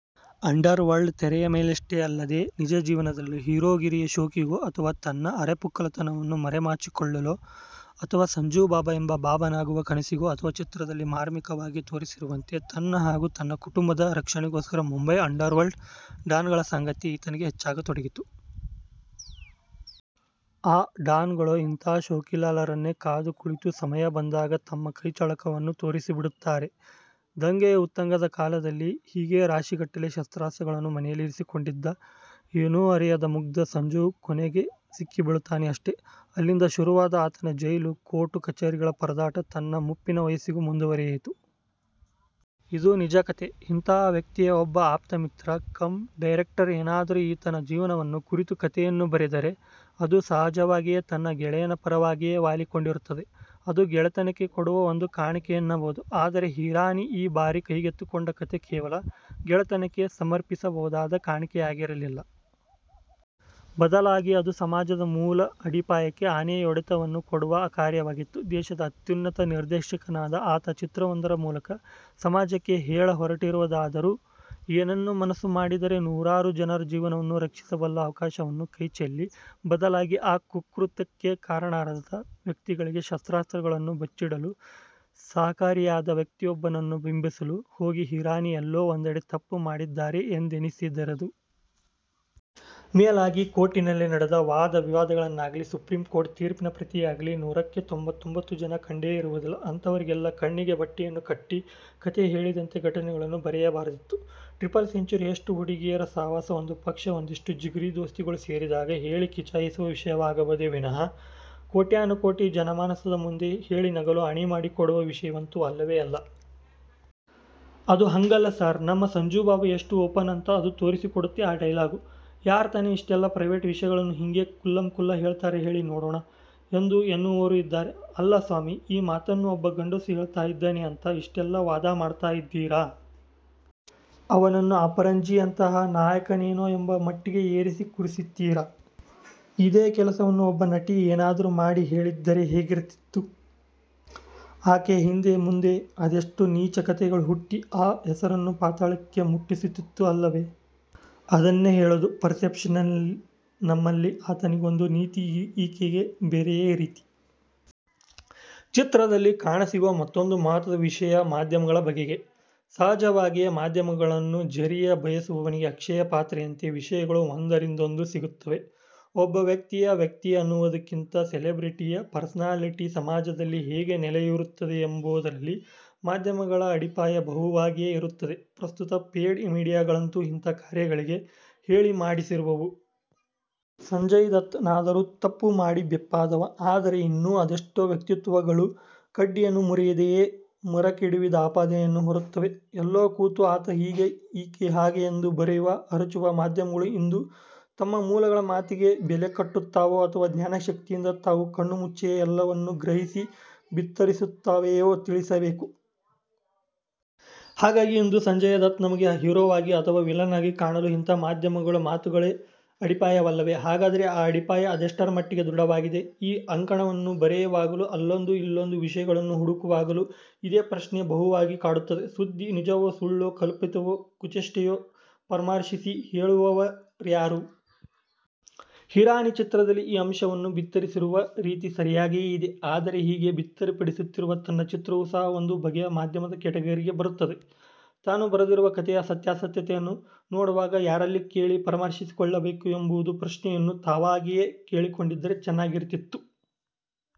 Under world ತೆರೆಯ ಮೇಲಷ್ಟೇ ಅಲ್ಲದೆ ನಿಜಜೀವನದಲ್ಲೂ ಹೀರೋಗಿರಿಯ ಶೋಕಿಗೋ ಅಥವ ತನ್ನ ಅರೆಪುಕ್ಕಲುತನವನ್ನು ಮರೆಮಾಚಿಕೊಳ್ಳಲೋ ಅಥವಾ 'ಸಂಜು ಬಾಬಾ' ಎಂಬ ಬಾಬಾನಾಗುವ ಕನಸಿಗೋ ಅಥವಾ ಚಿತ್ರದಲ್ಲಿ 'ಮಾರ್ಮಿಕ'ವಾಗಿ ತೋರಿಸಿರುವಂತೆ ತನ್ನ ಹಾಗು ತನ್ನ ಕುಟುಂಬದ ರಕ್ಷಣೆಗೋಸ್ಕರ ಮುಂಬೈ ಅಂಡರ್ ವರ್ಲ್ಡ್ ಡಾನ್ಗಳ ಸಾಂಗತ್ಯ ಈತನಿಗೆ ಹೆಚ್ಚಾಗತೊಡಗಿತು. ಆ ಡಾನ್ ಗಳೋ ಇಂತಹ ಶೋಕಿಲಾಲರನ್ನೇ ಕಾದು ಕುಳಿತು ಸಮಯ ಬಂದಾಗ ತಮ್ಮ ಕೈಚಳಕವನ್ನು ತೋರಿಸಿಬಿಡುತ್ತಾರೆ. ದಂಗೆಯ ಉತ್ತುಂಗದ ಕಾಲದಲ್ಲಿ ಹೀಗೆ ರಾಶಿಗಟ್ಟಲೆ ಶಸ್ತ್ರಾಸ್ತ್ರಗಳನ್ನು ಮನೆಯಲ್ಲಿರಿಸಿಕೊಂಡಿದ್ದ 'ಏನೂ ಅರಿಯದ ಮುಗ್ದ' ಸಂಜು ಕೊನೆಗೂ ಸಿಕ್ಕಿಬೀಳುತ್ತಾನೆ ಅಷ್ಟೇ. ಅಲ್ಲಿಂದ ಶುರುವಾದ ಆತನ ಜೈಲು, ಕೋರ್ಟು ಕಚೇರಿಗಳ ಪರದಾಟ ತನ್ನ ಮುಪ್ಪಿನ ವಯಸ್ಸಿಗೂ ಮುಂದುವರೆಯಿತು. ಇದು ನಿಜಕಥೆ. ಇಂತಹ ವ್ಯಕ್ತಿಯ ಒಬ್ಬ ಆಪ್ತಮಿತ್ರ ಕಮ್ ಡೈರೆಕ್ಟರ್ ಏನಾದರೂ ಈತನ ಜೀವನವನ್ನು ಕುರಿತು ಕತೆಯನ್ನು ಬರೆದರೆ ಅದು ಸಹಜವಾಗಿಯೇ ತನ್ನ ಗೆಳೆಯನ ಪರವಾಗಿಯೇ ವಾಲಿಕೊಂಡಿರುತ್ತದೆ. ಅದು ಗೆಳೆತನಕ್ಕೆ ಕೊಡುವ ಒಂದು ಕಾಣಿಕೆ ಎನ್ನಬಹುದು. ಆದರೆ ಹಿರಾನಿ ಈ ಬಾರಿ ಕೈಗೆತ್ತಿಕೊಂಡ ಕಥೆ ಕೇವಲ ಗೆಳೆತನಕ್ಕೆ ಸಮರ್ಪಿಸಬಹುದಾದ ಕಾಣಿಕೆಯಾಗಿರಲಿಲ್ಲ. ಬದಲಾಗಿ ಅದು ಸಮಾಜದ ಮೂಲ ಅಡಿಪಾಯಕ್ಕೆ ಆನೆಯೊಡೆತವನ್ನು ಕೊಡುವ ಕಾರ್ಯವಾಗಿತ್ತು. ದೇಶದ ಅತ್ಯುನ್ನತ ನಿರ್ದೇಶಕನಾದ ಆತ ಚಿತ್ರವೊಂದರ ಮೂಲಕ ಸಮಾಜಕ್ಕೆ ಹೇಳಹೊರಟಿರುವುದಾದರೂ ಏನನ್ನು ಮನಸ್ಸು ಮಾಡಿದ್ದರೆ ನೂರಾರು ಜನರ ಜೀವವನ್ನು ರಕ್ಷಿಸಬಲ್ಲ ಅವಕಾಶವನ್ನು ಕೈಚೆಲ್ಲಿ ಬದಲಾಗಿ ಆ ಕುಕೃತ್ಯಕ್ಕೆ ಕಾರಣರಾದ ವ್ಯಕ್ತಿಗಳಿಗೇ ಶಸ್ತ್ರಾಸ್ತಗಳನ್ನು ಬಚ್ಚಿಡಲು ಸಹಕಾರಿಯಾದ ವ್ಯಕ್ತಿಯೊಬ್ಬನನ್ನು ಬಿಂಬಿಸಲು ಹೋಗಿ ಹಿರಾನಿ ಎಲ್ಲೋ ಒಂದೆಡೆ ತಪ್ಪು ಮಾಡಿದ್ದಾರೆ ಎಂದೆನಿಸದಿರದು. ಮೇಲಾಗಿ ಕೋರ್ಟಿನಲ್ಲಿ ನಡೆದ ವಾದವಿವಾದಗಳನ್ನಾಗಲಿ, ಸುಪ್ರೀಂ ಕೋರ್ಟಿನ ತೀರ್ಪಿನ ಪ್ರತಿಯಾಗಲಿ ನೂರಕ್ಕೆ ತೊಂಬತ್ತೊಂಬತ್ತು ಜನ ಕಂಡೇ ಇರುವುದಿಲ್ಲ. ಅಂತವರಿಗೆಲ್ಲ ಕಣ್ಣಿಗೆ ಬಟ್ಟೆಯನ್ನು ಕಟ್ಟಿ ಕತೆ ಹೇಳಿದಂತೆ ಘಟನೆಗಳನ್ನು ಬರೆಯಬಾರದಿತ್ತು. ಟ್ರಿಪಲ್ ಸೆಂಚೂರಿ ಯಷ್ಟು ಹುಡುಗಿಯರ ಸಹವಾಸ ಒಂದುಪಕ್ಷ ಒಂದಿಷ್ಟು ಜಿಗರಿ ದೋಸ್ತಿಗಳು ಸೇರಿದಾಗ ಹೇಳಿ ಕಿಚಾಯಿಸುವ ವಿಷಯವಾಗಬಹುದೇ ವಿನಃ ಕೋಟ್ಯಾನುಕೋಟಿ ಜನಮಾನಸದ ಮುಂದೆ ಹೇಳಿ ನಗಲು ಅಣಿಮಾಡಿಕೊಡುವ ವಿಷಯವಂತು ಅಲ್ಲವೇ ಅಲ್ಲ. 'ಅದು ಹಾಗಲ್ಲ ಸಾರ್, ನಮ್ ಸಂಜು ಬಾಬಾ ಎಷ್ಟು ಓಪನ್ ಅಂತ ಅದು ತೋರ್ಸಿ ಕೊಡುತ್ತೆ ಆ ಡೈಲಾಗು. ಯಾರ್ ತಾನೇ ಇಷ್ಟೆಲ್ಲಾ ಪ್ರೈವೇಟ್ ವಿಷಯಗಳನ್ನ ಹಿಂಗೇ ಖುಲ್ಲಂ ಖುಲ್ಲಾ ಹೇಳ್ತಾರೆ ಹೇಳಿ ನೋಡಣ ' ಎಂದು ಅನ್ನುವವರೂ ಇದ್ದಾರೆ. ಅಲ್ಲಾ ಸ್ವಾಮಿ ಈ ಮಾತನ್ನು ಒಬ್ಬ ಗಂಡಸು ಹೇಳ್ತಾ ಇದ್ದಾನೆ ಅಂತ ಇಷ್ಟೆಲ್ಲಾ ವಾದಮಾಡ್ತಾ ಇದ್ದೀರಾ. ಅವನನ್ನು ಅಪರಂಜಿಯಂತಹ ನಾಯಕನೇನೋ ಎಂಬ ಮಟ್ಟಿಗೆ ಏರಿಸಿ ಕೂರಿಸುತ್ತೀರಾ. ಇದೆ ಕೆಲಸವನ್ನು ಒಬ್ಬ ನಟಿ ಏನಾದರು ಮಾಡಿ ಹೇಳಿದ್ದರೆ ಹೇಗಿರುತ್ತಿತ್ತು? ಆಕೆಯ ಹಿಂದೆ ಮುಂದೆ ಅದೆಷ್ಟು ನೀಚ ಕತೆಗಳು ಹುಟ್ಟಿ ಆ ಹೆಸರನ್ನು ಪಾತಾಳ ಮುಟ್ಟಿಸುತ್ತಿತ್ತು ಅಲ್ಲವೇ? ಅದನ್ನೇ ಹೇಳೋದು ಪರ್ಸೆಪ್ಷನ್ ನಮ್ಮಲ್ಲಿ ಆತನಿಗೊಂದು ನೀತಿ ಈಕೆಗೆ ಬೇರೆಯೇ ರೀತಿ. ಚಿತ್ರದಲ್ಲಿ ಕಾಣಸಿಗುವ ಮತ್ತೊಂದು ಮಹತ್ವದ ವಿಷಯ ಮಾಧ್ಯಮಗಳ ಬಗೆಗೆ. ಸಹಜವಾಗಿಯೇ ಮಾಧ್ಯಮಗಳನ್ನು ಜರಿಯ ಬಯಸುವವನಿಗೆ ಅಕ್ಷಯ ಪಾತ್ರೆಯಂತೆ ವಿಷಯಗಳು ಒಂದರಿಂದೊಂದು ಸಿಗುತ್ತವೆ. ಒಬ್ಬ ವ್ಯಕ್ತಿಯ, ವ್ಯಕ್ತಿ ಅನ್ನುವುದಕ್ಕಿಂತ ಸೆಲೆಬ್ರಿಟಿಯ, ಪರ್ಸನಾಲಿಟಿ ಸಮಾಜದಲ್ಲಿ ಹೇಗೆ ನೆಲೆಯೂರುತ್ತದೆ ಎಂಬುದರಲ್ಲಿ ಮಾಧ್ಯಮಗಳ ಅಡಿಪಾಯ ಬಹುವಾಗಿಯೇ ಇರುತ್ತದೆ. ಪ್ರಸ್ತುತ ಪೇಯ್ಡ್ ಮೀಡಿಯಾಗಳಂತೂ ಇಂತಹ ಕಾರ್ಯಗಳಿಗೆ ಹೇಳಿ ಮಾಡಿಸಿರುವವು. ಸಂಜಯ್ ದತ್ ನಾದರೂ ತಪ್ಪು ಮಾಡಿ ಬೆಪ್ಪಾದವ, ಆದರೆ ಇನ್ನೂ ಅದೆಷ್ಟೋ ವ್ಯಕ್ತಿತ್ವಗಳು ಕಡ್ಡಿಯನ್ನು ಮುರಿಯದೆಯೇ ಮರಕೆಡವಿದ ಅಪಾದನೆಯನ್ನು ಹೊರುತ್ತವೆ. ಎಲ್ಲೋ ಕೂತು ಆತ ಹೀಗೆ, ಈಕೆ ಹಾಗೆ ಎಂದು ಬರೆಯುವ, ಅರಚುವ ಮಾಧ್ಯಮಗಳು ಇಂದು ತಮ್ಮ ಮೂಲಗಳ ಮಾತಿಗೆ ಬೆಲೆ ಕಟ್ಟುತ್ತಾವೋ ಅಥವಾ ಧ್ಯಾನಶಕ್ತಿಯಿಂದ ತಾವು ಕಣ್ಣುಮುಚ್ಚಿಯೇ ಎಲ್ಲವನ್ನು ಗ್ರಹಿಸಿ ಬಿತ್ತರಿಸುತ್ತಾವೆಯೋ ತಿಳಿಸಬೇಕು. ಹಾಗಾಗಿ ಇಂದು ಸಂಜಯ್ ದತ್ ನಮಗೆ ಹೀರೋವಾಗಿ ಅಥವಾ ವಿಲನ್ನಾಗಿ ಕಾಣಲು ಇಂತಹ ಮಾಧ್ಯಮಗಳ ಮಾತುಗಳೇ ಅಡಿಪಾಯವಲ್ಲವೆ? ಹಾಗಾದರೆ ಆ ಅಡಿಪಾಯ ಅದೆಷ್ಟರ ಮಟ್ಟಿಗೆ ದೃಢವಾಗಿದೆ? ಈ ಅಂಕಣವನ್ನು ಬರೆಯುವಾಗಲೂ, ಅಲ್ಲೊಂದು ಇಲ್ಲೊಂದು ವಿಷಯಗಳನ್ನು ಹುಡುಕುವಾಗಲೂ ಇದೇ ಪ್ರಶ್ನೆ ಬಹುವಾಗಿ ಕಾಡುತ್ತದೆ ಸುದ್ದಿ ನಿಜವೋ, ಸುಳ್ಳೋ, ಕಲ್ಪಿತವೋ, ಕುಚೇಷ್ಠೆಯೋ ಪರಾಮರ್ಶಿಸಿ ಹೇಳುವವರ್ಯಾರು? ಹಿರಾನಿ ಚಿತ್ರದಲ್ಲಿ ಈ ಅಂಶವನ್ನು ಬಿತ್ತರಿಸಿರುವ ರೀತಿ ಸರಿಯಾಗಿಯೇ ಇದೆ. ಆದರೆ ಹೀಗೆ ಬಿತ್ತರಪಡಿಸುತ್ತಿರುವ ತನ್ನ ಚಿತ್ರವೂ ಸಹ ಒಂದು ಬಗೆಯ ಮಾಧ್ಯಮದ ಕೆಟಗರಿಗೆ ಬರುತ್ತದೆ, ತಾನು ಬರೆದಿರುವ ಕತೆಯ ಸತ್ಯಾಸತ್ಯತೆಯನ್ನು ನೋಡುವಾಗ ಯಾರಲ್ಲಿ ಕೇಳಿ ಪರಾಮರ್ಶಿಸಿಕೊಳ್ಳಬೇಕು ಎಂಬೊಂದು ಪ್ರಶ್ನೆಯನ್ನೂ ತಾವಾಗಿಯೇ ಕೇಳಿಕೊಂಡಿದ್ದರೆ ಚೆನ್ನಾಗಿರುತ್ತಿತ್ತು.